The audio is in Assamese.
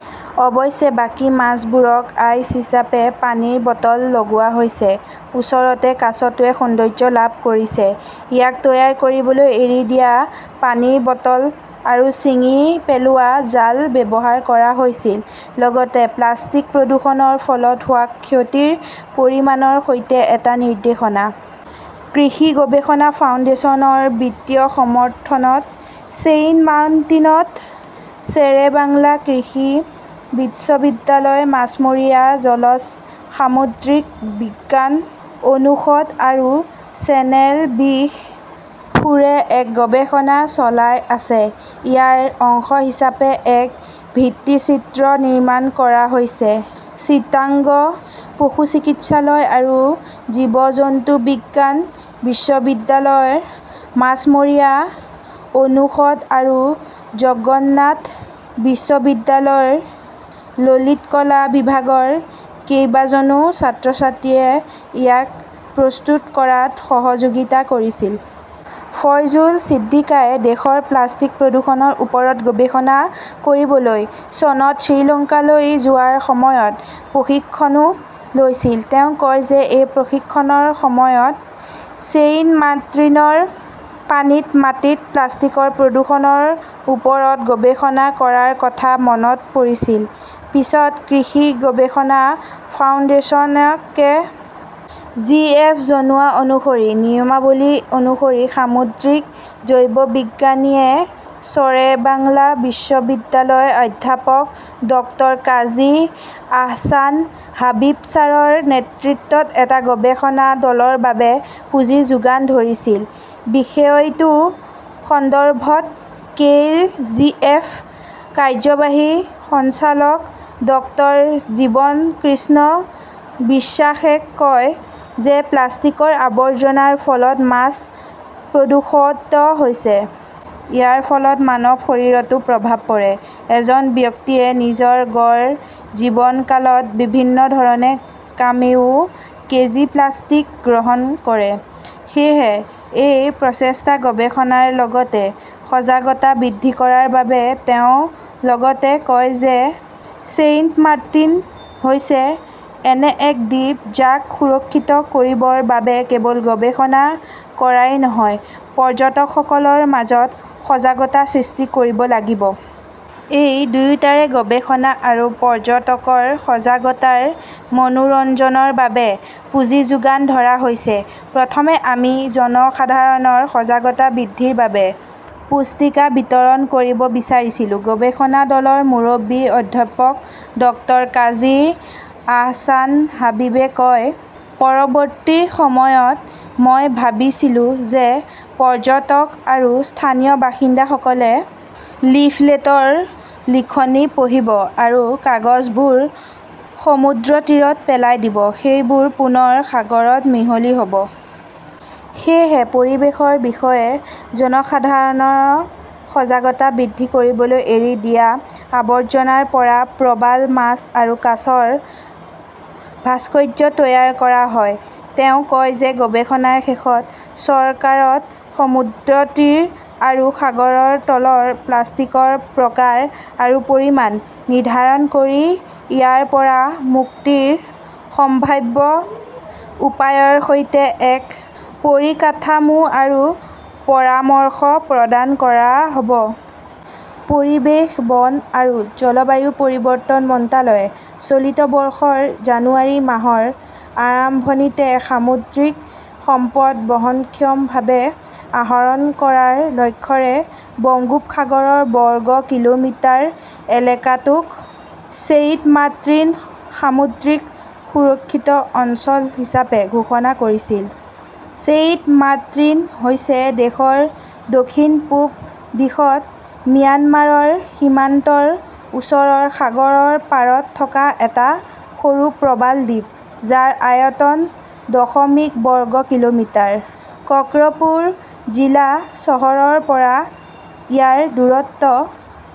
অৱশ্যে, বাকী মাছবোৰক আইশ্ব হিচাপে পানীৰ বটল লগোৱা হৈছে। ওচৰতে কাছটোৱে সৌন্দৰ্য্য লাভ কৰিছে। ইয়াক তৈয়াৰ কৰিবলৈ এৰি দিয়া পানীৰ বটল আৰু ছিঙি পেলোৱা জাল ব্যৱহাৰ কৰা হৈছিল। লগতে প্লাষ্টিক প্ৰদূষণৰ ফলত হোৱা ক্ষতিৰ পৰিমাণৰ সৈতে এটা নিৰ্দেশনা। কৃষি গৱেষণা ফাউণ্ডেশ্যন ৰ বিত্তীয় সমৰ্থনত ছেইণ্টমাৰ্টিনত শ্বেৰেবাংলা কৃষি বিশ্ববিদ্যালয়ৰ মাছমৰীয়া, জলজ, সামুদ্ৰিক বিজ্ঞান অনুষদ আৰু চেনেল বিশ ফোৰে এক গৱেষণা চলাই আছে। ইয়াৰ অংশ হিচাপে এই ভিত্তিচিত্ৰটো নিৰ্মাণ কৰা হৈছে। চিটাগং পশুচিকিৎসা আৰু জীৱ-জন্তু বিজ্ঞান বিশ্ববিদ্যালয়ৰ মাছমৰীয়া অনুষদ আৰু জগন্নাথ বিশ্ববিদ্যালয়ৰ ললিত কলা বিভাগৰ কেইবাজনো ছাত্ৰ-ছাত্ৰীয়ে ইয়াক প্ৰস্তুত কৰাত সহযোগিতা কৰিছিল। ফয়জুল ছিদ্দিকীয়ে দেশৰ প্লাষ্টিক প্ৰদূষণৰ ওপৰত গৱেষণা কৰিবলৈ চনত শ্ৰীলংকালৈ যোৱাৰ সময়ত প্ৰশিক্ষণও লৈছিল। তেওঁ কয় যে এই প্ৰশিক্ষণৰ সময়ত ছেইণ্টমাৰ্টিনৰ পানীত-মাটিত প্লাষ্টিকৰ প্ৰদূষণৰ ওপৰত গৱেষণা কৰাৰ কথা মনত পৰিছিল। পিছত কৃষি গৱেষণা ফাউণ্ডেশ্যন কে. জি. এফ. জনোৱা অনুসৰি, নিয়মাৱলী অনুসৰি সামুদ্ৰিক জৈৱবিজ্ঞানীয়ে শ্বেৰেবাংলা কৃষি বিশ্ববিদ্যালয়ৰ অধ্যাপক ডক্টৰকাজী আহছান হাবিব ছাৰৰ নেতৃত্বত এটা গৱেষণা দলৰ বাবে পুঁজি যোগান ধৰিছিল। বিষয়টো সন্দৰ্ভত কে. জি. এফ. কাৰ্যবাহী সঞ্চালক ডক্টৰ জীৱন কৃষ্ণ বিশ্বাসে কয় যে প্লাষ্টিকৰ আৱৰ্জনাৰ ফলত মাছ প্ৰদূষিত হৈছে। ইয়াৰ ফলত মানৱ শৰীৰতো প্ৰভাৱ পৰে। এজন ব্যক্তিয়ে নিজৰ গড় জীৱনকালত বিভিন্ন ধৰণে কমেও কেজি প্লাষ্টিক গ্ৰহণ কৰে। সেয়েহে এই প্ৰচেষ্টা গৱেষণাৰ লগতে সজাগতা বৃদ্ধি কৰাৰ বাবে। তেওঁ লগতে কয় যে ছেইণ্টমাৰ্টিন হৈছে এনে এটা দ্বীপ যাক সুৰক্ষিত কৰিবৰ বাবে কেৱল গৱেষণা কৰাই নহয়, পৰ্যটকসকলৰ মাজত সজাগতা সৃষ্টি কৰিব লাগিব। এই দুয়োটাৰে গৱেষণা আৰু পৰ্যটকৰ সজাগতাৰ মনোৰঞ্জনৰ বাবে পুঁজি যোগান ধৰা হৈছে। প্ৰথমে আমি জনসাধাৰণৰ সজাগতা বৃদ্ধিৰ বাবে পুস্তিকা বিতৰণ কৰিব বিচাৰিছিলো, গৱেষণা দলৰ মুৰব্বী অধ্যাপক ডক্টৰ কাজী আহছান হাবিবে কয়। পৰৱৰ্তী সময়ত, মই ভাবিছিলো যে পৰ্যটক আৰু স্থানীয় বাসিন্দাসকলে লিফলেটৰ লিখনি পঢ়িব আৰু কাগজবোৰ সমুদ্ৰতীৰত পেলাই দিব, সেইবোৰ পুনৰ সাগৰত মিহলি হ 'ব। সেয়েহে পৰিৱেশৰ বিষয়ে জনসাধাৰণৰ সজাগতা বৃদ্ধি কৰিবলৈ এৰি দিয়া আৱৰ্জনাৰ পৰা প্ৰবাল মাছ আৰু কাছৰ ভাস্কৰ্য তৈয়াৰ কৰা হয়। তেওঁ কয় যে গৱেষণাৰ শেষত, চৰকাৰক সমুদ্ৰতীৰ আৰু সাগৰৰ তলৰ প্লাষ্টিকৰ প্ৰকাৰ আৰু পৰিমাণ নিৰ্ধাৰণ কৰি ইয়াৰ পৰা মুক্তিৰ সম্ভাৱ্য উপায়ৰ সৈতে এক পৰিকাঠামো আৰু পৰামৰ্শ প্ৰদান কৰা হ 'ব। পৰিৱেশ, বন আৰু জলবায়ু পৰিৱৰ্তন মন্ত্ৰালয়ে চলিত বৰ্ষৰ জানুৱাৰী মাহৰ আৰম্ভণিতে সামুদ্ৰিক সম্পদ বহনক্ষমভাৱে আহৰণ কৰাৰ লক্ষ্যৰে বংগোপসাগৰৰ বৰ্গ কিলোমিটাৰ এলেকাটোক ছেইণ্টমাৰ্টিন সামুদ্ৰিক সুৰক্ষিত অঞ্চল হিচাপে ঘোষণা কৰিছিল। ছেইণ্ট মাৰ্টিন হৈছে দেশৰ দক্ষিণ-পূব দিশত ম্যানমাৰৰ সীমান্তৰ ওচৰৰ সাগৰৰ পাৰত থকা এটা সৰু প্ৰবাল দ্বীপ, যাৰ আয়তন দশমিক বৰ্গ কিলোমিটাৰ। কক্সপুৰ জিলা চহৰৰ পৰা ইয়াৰ দূৰত্ব